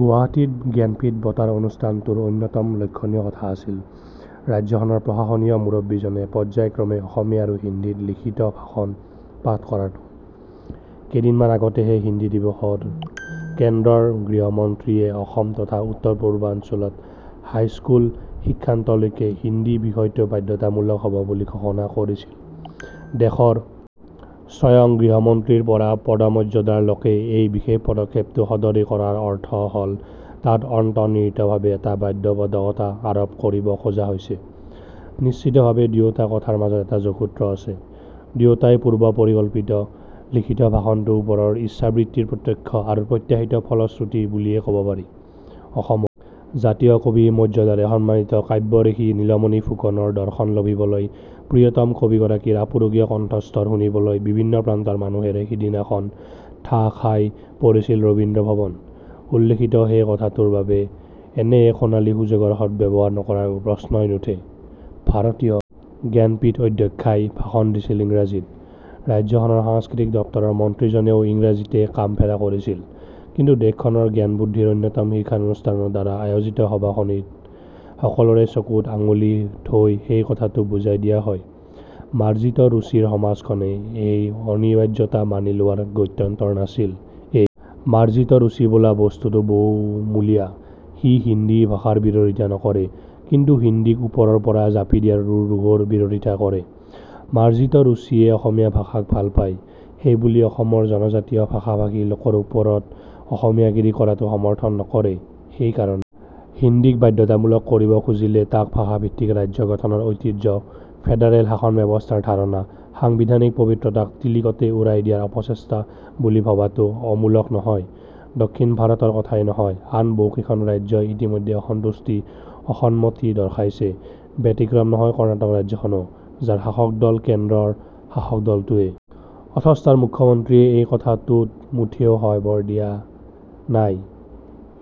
গুৱাহাটীত জ্ঞানপীঠ বঁটাৰ অনুষ্ঠানটোৰ অন্যতম লক্ষ্যণীয় কথা আছিল ৰাজ্যখনৰ প্ৰশাসনীয় মুৰব্বীজনে পৰ্যায়ক্ৰমে অসমীয়া আৰু হিন্দীত লিখিত ভাষণ পাঠ কৰাটো। কেইদিনমান আগতেহে হিন্দী দিৱসত কেন্দ্ৰৰ গৃহমন্ত্ৰীয়ে অসম তথা উত্তৰপূৰ্বাঞ্চলত হাইস্কুল শিক্ষান্তলৈকে হিন্দী বিষয়টো বাধ্যতামূলক হ'ব বুলি ঘোষণা কৰিছিল। দেশৰ স্বয়ং গৃহমন্ত্ৰীৰ দৰে পদমৰ্যাদাৰ লোকে এই বিশেষ পদক্ষেপটো সদৰী কৰাৰ অৰ্থ হ'ল তাত অন্তৰ্নিহিতভাৱে এটা বাধ্যবাধকতা আৰোপ কৰিব খোজা হৈছে। নিশ্চিতভাৱে দুয়োটা কথাৰ মাজত এটা যোগসূত্ৰ আছে। দুয়োটাই পূৰ্বপৰিকল্পিত লিখিত ভাষণটো ওপৰৰ ইচ্ছাবৃত্তিৰ প্ৰত্যক্ষ আৰু প্ৰত্যাশিত ফলশ্ৰুতি বুলিয়ে কব পাৰি। অসমৰ জাতীয় কবি মৰ্যাদাৰে সন্মানিত কাব্যঋষি নীলমণি ফুকনৰ দৰ্শন লভিবলৈ প্ৰিয়তম কবিগৰাকীৰ আপুৰুগীয়া কণ্ঠস্বৰ শুনিবলৈ বিভিন্ন প্ৰান্তৰ মানুহেৰে সিদিনাখন ঠাহ খাই পৰিছিল ৰবীন্দ্ৰ ভৱন। উল্লিখিত সেই কথাটোৰ বাবে এনে এক সোণালী সুযোগৰ সদ্ব্যৱহাৰ নকৰাৰ প্ৰশ্নই নুঠে। ভাৰতীয় জ্ঞানপীঠ অধ্যক্ষাই ভাষণ দিছিল ইংৰাজীত। ৰাজ্যখনৰ সাংস্কৃতিক দপ্তৰৰ মন্ত্ৰীজনেও ইংৰাজীতে কামফেৰা কৰিছিল। কিন্তু দেশখনৰ জ্ঞানবুদ্ধিৰ অন্যতম শীৰ্ষানুষ্ঠানটোৰ দ্বাৰা আয়োজিত সভাখনিত সকলোৰে চকুত আঙুলি থৈ সেই কথাটো বুজাই দিয়া হ'ল। মাৰ্জিত ৰুচিৰ সমাজখনে সেই অনিবাৰ্যতা মানি লোৱাৰ গত্যন্তৰ নাছিল। এই মাৰ্জিত ৰুচি বোলা বস্তুটো বহুমূলীয়া। সি হিন্দী ভাষাৰ বিৰোধিতা নকৰে, কিন্তু হিন্দীক ওপৰৰ পৰা জাপি দিয়াৰ দুৰ্ঘোৰ বিৰোধিতা কৰে। মাৰ্জিত ৰুচিয়ে অসমীয়া ভাষাক ভাল পায়, সেইবুলি অসমৰ জনজাতীয় ভাষা-ভাষী লোকৰ ওপৰত অসমীয়াগিৰি কৰাটো সমৰ্থন নকৰে। সেইকাৰণে হিন্দীক বাধ্যতামূলক কৰিব খুজিলে তাক ভাষাভিত্তিক ৰাজ্য গঠনৰ ঐতিহ্য, ফেডাৰেল শাসনব্যৱস্থাৰ ধাৰণা, সাংবিধানিক পবিত্ৰতাক টিলিকতে উৰাই দিয়াৰ অপচেষ্টা বুলি ভবাটো অমূলক নহয়। দক্ষিণ ভাৰতৰ কথাই নাই, আন বহুকেইখন ৰাজ্যই ইতিমধ্যে অসন্তুষ্টি, অসন্মতি দৰ্শাইছে। ব্যতিক্ৰম নহয় কৰ্ণাটক ৰাজ্যখনো, যাৰ শাসক দল কেন্দ্ৰৰ শাসক দলটোৱেই। অথচ তাৰ মুখ্যমন্ত্ৰীয়ে এই কথাটোত মুঠেও হয়ভৰ দিয়া নাই।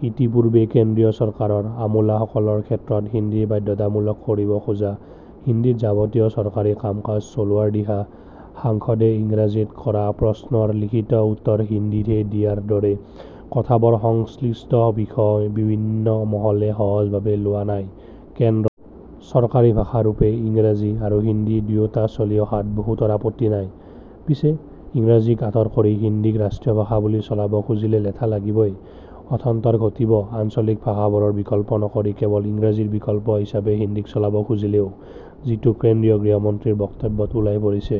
ইতিপূৰ্বে কেন্দ্ৰীয় চৰকাৰৰ আমোলাসকলৰ ক্ষেত্ৰত হিন্দী বাধ্যতামূলক কৰিব খোজা, হিন্দীত যাৱতীয় চৰকাৰী কামকাজ চলোৱাৰ দিহা, সাংসদে ইংৰাজীত কৰা প্ৰশ্নৰ লিখিত উত্তৰ হিন্দীতহে দিয়াৰ দৰে কথাবোৰ সংশ্লিষ্ট বিভিন্ন মহলে সহজভাৱে লোৱা নাই। কেন্দ্ৰত চৰকাৰী ভাষাৰূপে ইংৰাজী আৰু হিন্দী দুয়োটা চলি অহাত বহুতৰ আপত্তি নাই। পিছে ইংৰাজীক আঁতৰ কৰি হিন্দীক ৰাষ্ট্ৰীয় ভাষা বুলি চলাব খুজিলে লেঠা লাগিবই। অথন্তৰ ঘটিব আঞ্চলিক ভাষাবোৰৰ বিকল্প নকৰি কেৱল ইংৰাজীৰ বিকল্প হিচাপে হিন্দীক চলাব খুজিলেও, যিটো কেন্দ্ৰীয় গৃহমন্ত্ৰীৰ বক্তব্যত ওলাই পৰিছে।